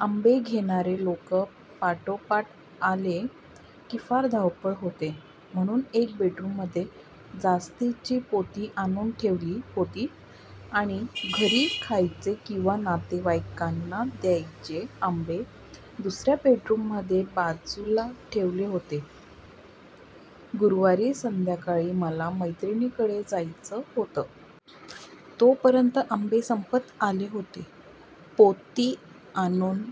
आंबे घेणारे लोकं पाठोपाठ आले, की फार धावपळ होते, म्हणून एका बेडरूममध्ये जास्तीची पोती आणून ठेवली होती आणि घरी खायचे किंवा नातेवाइकांना द्यायचे आंबे दुसऱ्या बेडरूममध्ये बाजूला ठेवले होते. गुरुवारी संध्याकाळी मला मैत्रिणीकडे जायचं होतं. तोपर्यंत आंबे संपत आले होते. पोती आणून,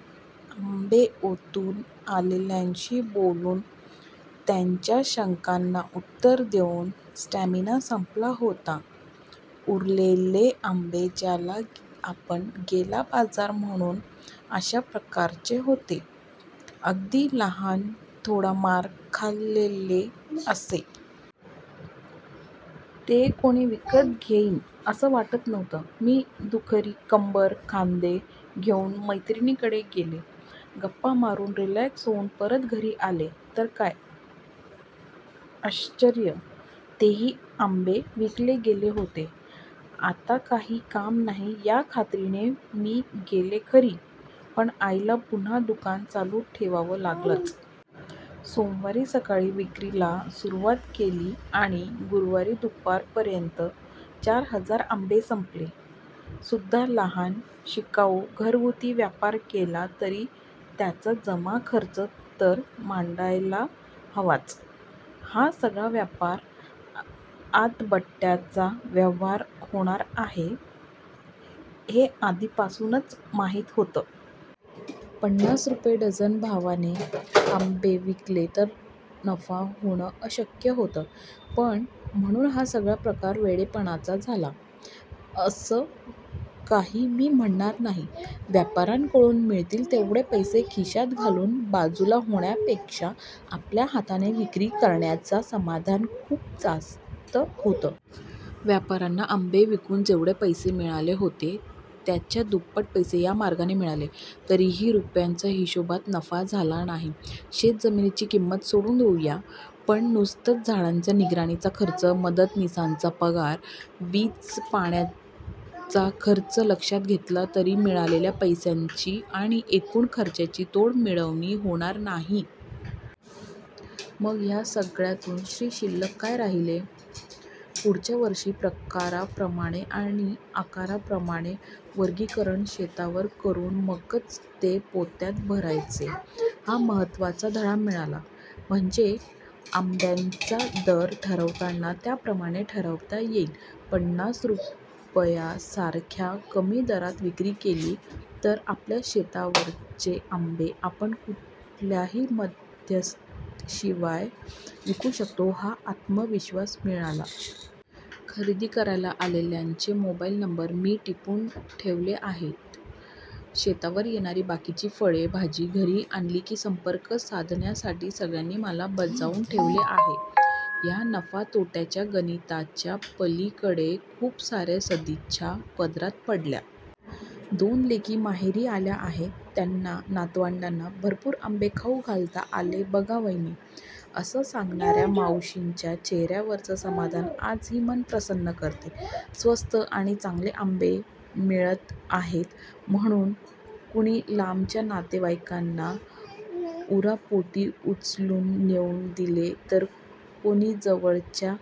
आंबे ओतून, आलेल्यांशी बोलून त्यांच्या शंकांना उत्तरं देऊन स्टॅमिना संपला होता. उरलेले आंबे ज्याला आपण 'गेला बाजार' म्हणू, अशा प्रकारचे होते. अगदी लहान, थोडा मार खाल्लेले असे. ते कोणी विकत घेईल, असं वाटत नव्हतं. मी दुखरी कंबर, खांदे घेऊन मैत्रिणीकडे गेले. गप्पा मारून, रिलॅक्स होऊन परत घरी आले, तर काय आश्यर्य! तेही आंबे विकले गेले होते.. आता काही काम नाही, ह्या खात्रीने मी गेले खरी, पण आईला पुन्हा दुकान चालू ठेवावं लागलंच. सोमवारी सकाळी विक्रीला सुरवात केली आणि गुरुवारी दुपारपर्यंत चार हजार आंबे संपले सुद्धालहान, शिकाऊ, घरगुती व्यापार केला तरी त्याचा जमाखर्च तर मांडायला हवाच. हा सगळा व्यापार आतबट्ट्याचा व्यवहार होणार आहे, हे आधीपासूनच माहिती होतं. पन्नास रुपये डझन भावाने आंबे विकले तर नफा होणं अशक्य होतं. पण म्हणून हा सगळा प्रकार वेडेपणाचा झाला, असं काही मी म्हणणार नाही. व्यापाऱ्यांकडून मिळतील तेवढे पैसे खिशात घालून बाजूला होण्यापेक्षा आपल्या हाताने विक्री करण्याचं समाधान खूप जास्त होतं. व्यापाऱ्यांना आंबे विकून जेवढे पैसे मिळाले होते, त्याच्या दुप्पट पैसे ह्या मार्गाने मिळाले. तरीही रुपयांच्या हिशेबात नफा झाला नाही. शेतजमिनीची किंमत सोडून देऊया. पण नुसता झाडांच्या निगराणीचा खर्च, मदतनिसांचे पगार, वीज-पाण्याचा खर्च लक्षात घेतला तरी मिळालेल्या पैशाची आणि एकूण खर्चाची तोंडमिळवणी होणार नाही. मग ह्या सगळ्यातून श्रीशिल्लक काय राहिली? पुढच्या वर्षी प्रकाराप्रमाणे आणि आकाराप्रमाणे वर्गीकरण शेतावर करून मगच ते पोत्यात भरायचे हा महत्त्वाचा धडा मिळाला. म्हणजे आंब्यांचा दर ठरवताना त्याप्रमाणे ठरवता येईल. पन्नास रुपयांसारख्या कमी दरात विक्री केली, तर आपल्या शेतावरचे आंबे आपण कुठल्याही मध्यस्थाशिवाय विकू शकतो, हा आत्मविश्वास मिळाला. खरेदी करायला आलेल्यांचे मोबाईल नंबर मी टिपून ठेवले आहेत. शेतावर येणारी बाकीची फळं, भाजी घरी आणली की संपर्क साधण्यासाठी सगळ्यांनी मला बजावून ठेवलं आहे. ह्या नफा-तोट्याच्या गणिताच्या पलीकडे खूप साऱ्या सदिच्छा पदरात पडल्या. 'दोन लेकी माहेरी आल्या आहेत. त्यांना, नातवंडांना भरपूर आंबे खाऊ घालता आले बघा वहिनी' असं सांगणाऱ्या मावशींच्या चेहऱ्यावरचं समाधान आजही मन प्रसन्न करतं. स्वस्त आणि चांगले आंबे मिळत आहेत म्हणून कोणी लांबच्या नातेवाइकांना उरापोटी उचलून नेऊन दिले तर कोणी जवळच्या